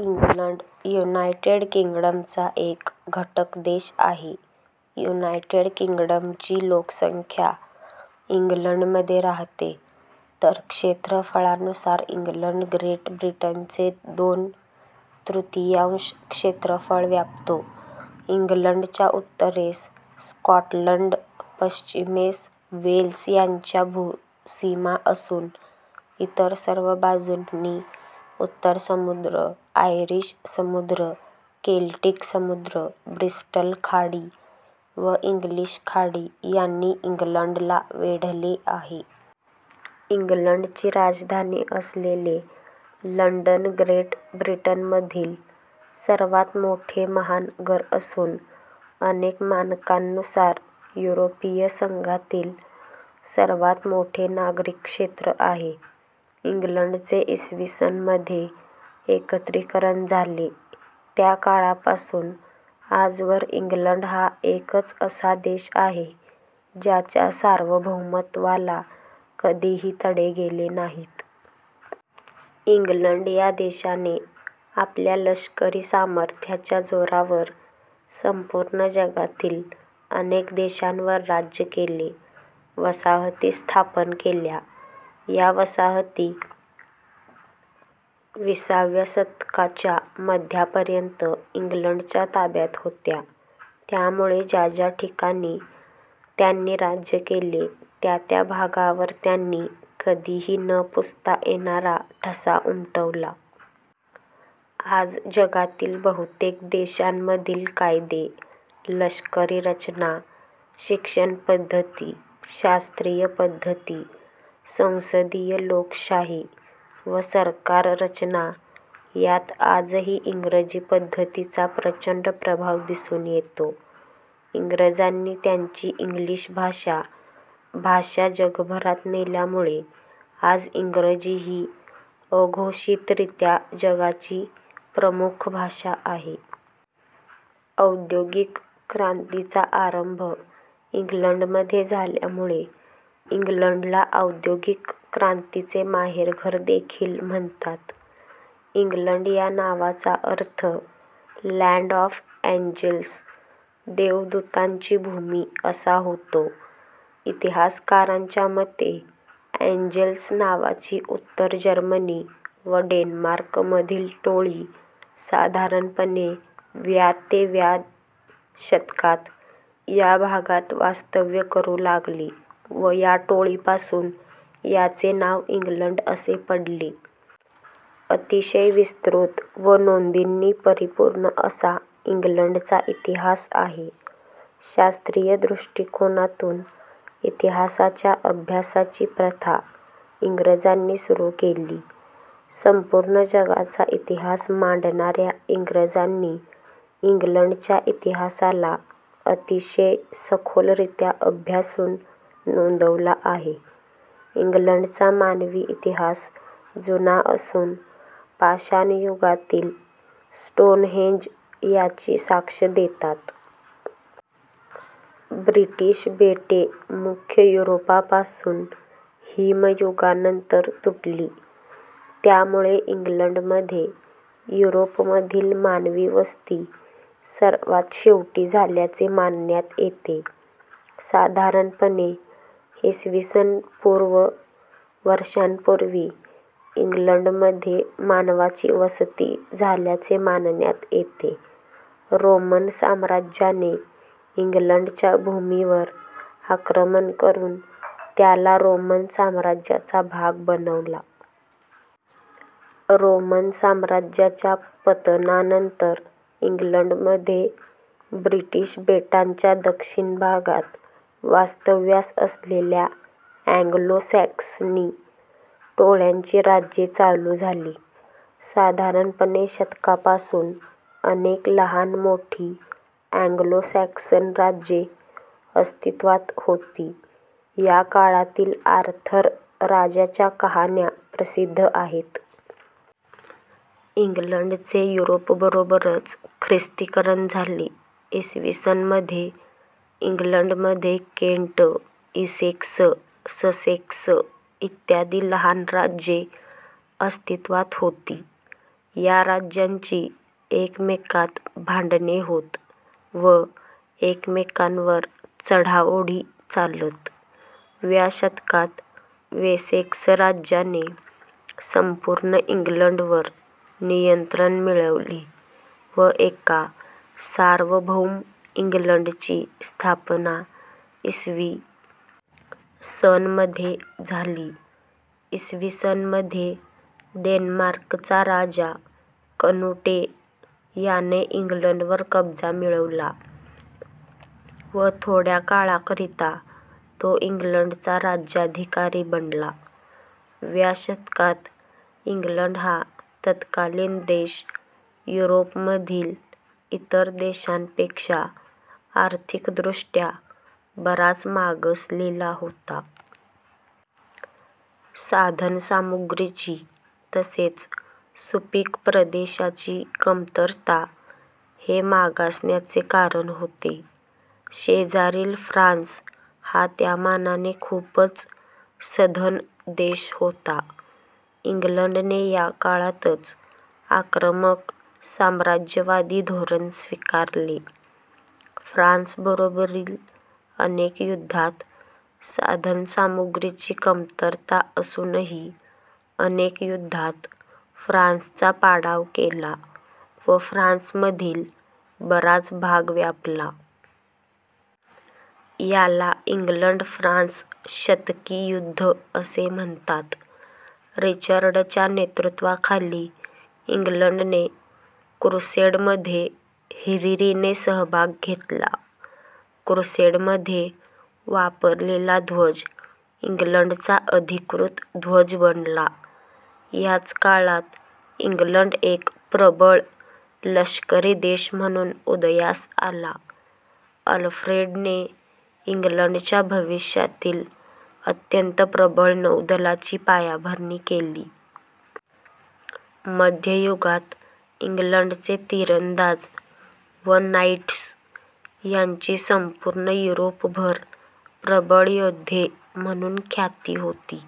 England United किंग्डमचा एक घटकदेश आहे. युनायटेड किंग्डमची लोकसंख्या इंग्लंडमध्ये राहते; तर क्षेत्रफळानुसार इंग्लंड ग्रेट ब्रिटनचे दोन तृतीयांश क्षेत्रफळ व्यापतो. इंग्लंडच्या उत्तरेस स्कॉटलंड, पश्चिमेस वेल्स यांच्या भूसीमा असून इतर सर्व बाजूंनी उत्तर समुद्र, आयरिश समुद्र, केल्टिक समुद्र, ब्रिस्टल खाडी व इंग्लिश खाडी यांनी इंग्लंडला वेढले आहे. इंग्लंडची राजधानी असलेले लंडन ग्रेट ब्रिटनमधील सर्वात मोठे महानगर असून अनेक मानकांनुसार युरोपीय संघातील सर्वात मोठे नागरी क्षेत्र आहे. इंग्लंडचे इ. स. मध्ये एकत्रीकरण झाले त्या काळापासून आजवर इंग्लंड हा एकच असा देश आहे ज्याच्या सार्वभौमत्वाला कधीही तडे गेले नाहीत. इंग्लंड या देशाने आपल्या लष्करी सामर्थ्याच्या जोरावर संपूर्ण जगातील अनेक देशांवर राज्य केले, वसाहती स्थापन केल्या. या वसाहती विसाव्या शतकाच्या मध्यापर्यंत इंग्लंडच्या ताब्यात होत्या. त्यामुळे ज्या ज्या ठिकाणी त्यांनी राज्य केले त्या त्या भागावर त्यांनी कधीही न पुसता येणारा ठसा उमटवला. आज जगातील बहुतेक देशांमधील कायदे, लष्करी रचना, शिक्षण पद्धति, शास्त्रीय पद्धति, संसदीय लोकशाही व सरकार रचना यांत आजही इंग्रजी पद्धतिीचा प्रचंड प्रभाव दिसून येतो. इंग्रजांनी त्यांची इंग्लिश भाषा भाषा जगभरात नेल्यामुळे आज इंग्रजी ही अघोषितरित्या जगाची प्रमुख भाषा आहे. औद्योगिक क्रांतीचा आरंभ इंग्लंडमध्ये झाल्यामुळे इंग्लंडला औद्योगिक क्रांतीचे माहेरघर देखील म्हणतात. इंग्लंड या नावाचा अर्थ लँड ऑफ ॲंजेल्स. देवदूतांची भूमी असा होतो. इतिहासकारांच्या मते ॲंजेल्स नावाची उत्तर जर्मनी व डेन्मार्क मधील टोळी साधारणपणे व्या ते व्या शतकात या भागात वास्तव्य करू लागली व या टोळीपासून याचे नाव इंग्लंड असे पडले. अतिशय विस्तृत व नोंदींनी परिपूर्ण असा इंग्लंडचा इतिहास आहे. शास्त्रीय दृष्टिकोनातून इतिहासाच्या अभ्यासाची प्रथा इंग्रजांनी सुरू केली. संपूर्ण जगाचा इतिहास मांडणाऱ्या इंग्रजांनी इंग्लंडच्या इतिहास अतिशय सखोलरीत्या अभ्यासून नोंदवला आहे. इंग्लंडचा मानवी इतिहास जुना असून पाषाणयुगातील स्टोनहेंज याची साक्ष देतात. ब्रिटिश बेटे मुख्य युरोपापासून हिमयुगानंतर तुटली त्यामुळे इंग्लंडमध्ये युरोपमधील मानवी वस्ती सर्वात शेवटी झाल्याचे मानण्यात येते. साधारणपणे इ. स. पू. वर्षांपूर्वी इंग्लंडमध्ये मानवाची वसती झाल्याचे मानण्यात येते. रोमन साम्राज्याने इंग्लंडच्या भूमीवर आक्रमण करून त्याला रोमन साम्राज्याचा भाग बनवला. रोमन साम्राज्याच्या पतनानंतर इंग्लंडमध्ये ब्रिटिश बेटांच्या दक्षिण भागात वास्तव्यास असलेल्या ॲंग्लो सॅक्सनी टोळ्यांची राज्ये चालू झाली. साधारणपणे शतकापासून अनेक लहान मोठी ॲंग्लो सॅक्सन राज्ये अस्तित्त्वात होती. या काळातील आर्थर राजाच्या कहाण्या प्रसिद्ध आहेत. इंग्लंडचे युरोपबरोबरच ख्रिस्तीकरण झाले. इ. स. मध्ये इंग्लंडमध्ये केंट, इसेक्स, ससेक्स इत्यादी लहान राज्ये अस्तित्त्वात होती. या राज्यांची एकमेकात भांडणे होत व एकमेकांवर चढाओढी चालत. व्या शतकात वेसेक्स राज्याने संपूर्ण इंग्लंडवर नियंत्रण मिळवले व एका सार्वभौम इंग्लंडची स्थापना इ. स. मध्ये झाली. इ. स. मध्ये डेन्मार्कचा राजा कनुटे याने इंग्लंडवर कब्जा मिळवला व थोड्या काळाकरिता तो इंग्लंडचा राज्याधिकारी बनला. व्या शतकात इंग्लंड हा तत्कालीन देश युरोपमधील इतर देशांपेक्षा आर्थिकदृष्ट्या बराच मागसलेला होता. साधनसामुग्रीची तसेच सुपीक प्रदेशाची कमतरता हे मागासण्याचे कारण होते. शेजारील फ्रान्स हा त्यामानाने खूपच सधन देश होता. इंग्लंडने या काळातच आक्रमक साम्राज्यवादी धोरण स्वीकारले. फ्रान्स बरोबरील अनेक युद्धात साधन सामुग्रीची कमतरता असूनही अनेक युद्धात फ्रान्सचा पाडाव केला व फ्रान्समधील बराच भाग व्यापला. याला इंग्लंड फ्रान्स शतकी युद्ध असे म्हणतात. रिचर्डच्या नेतृत्वाखाली इंग्लंडने क्रुसेडमध्ये हिरीरीने सहभाग घेतला. क्रुसेडमध्ये वापरलेला ध्वज इंग्लंडचा अधिकृत ध्वज बनला. याच काळात इंग्लंड एक प्रबळ लष्करी देश म्हणून उदयास आला. अल्फ्रेडने इंग्लंडच्या भविष्यातील अत्यंत प्रबळ नौदलाची पायाभरणी केली. मध्ययुगात इंग्लंडचे तिरंदाज व नाईट्स यांची संपूर्ण युरोपभर प्रबळ योद्धे म्हणून ख्याती होती.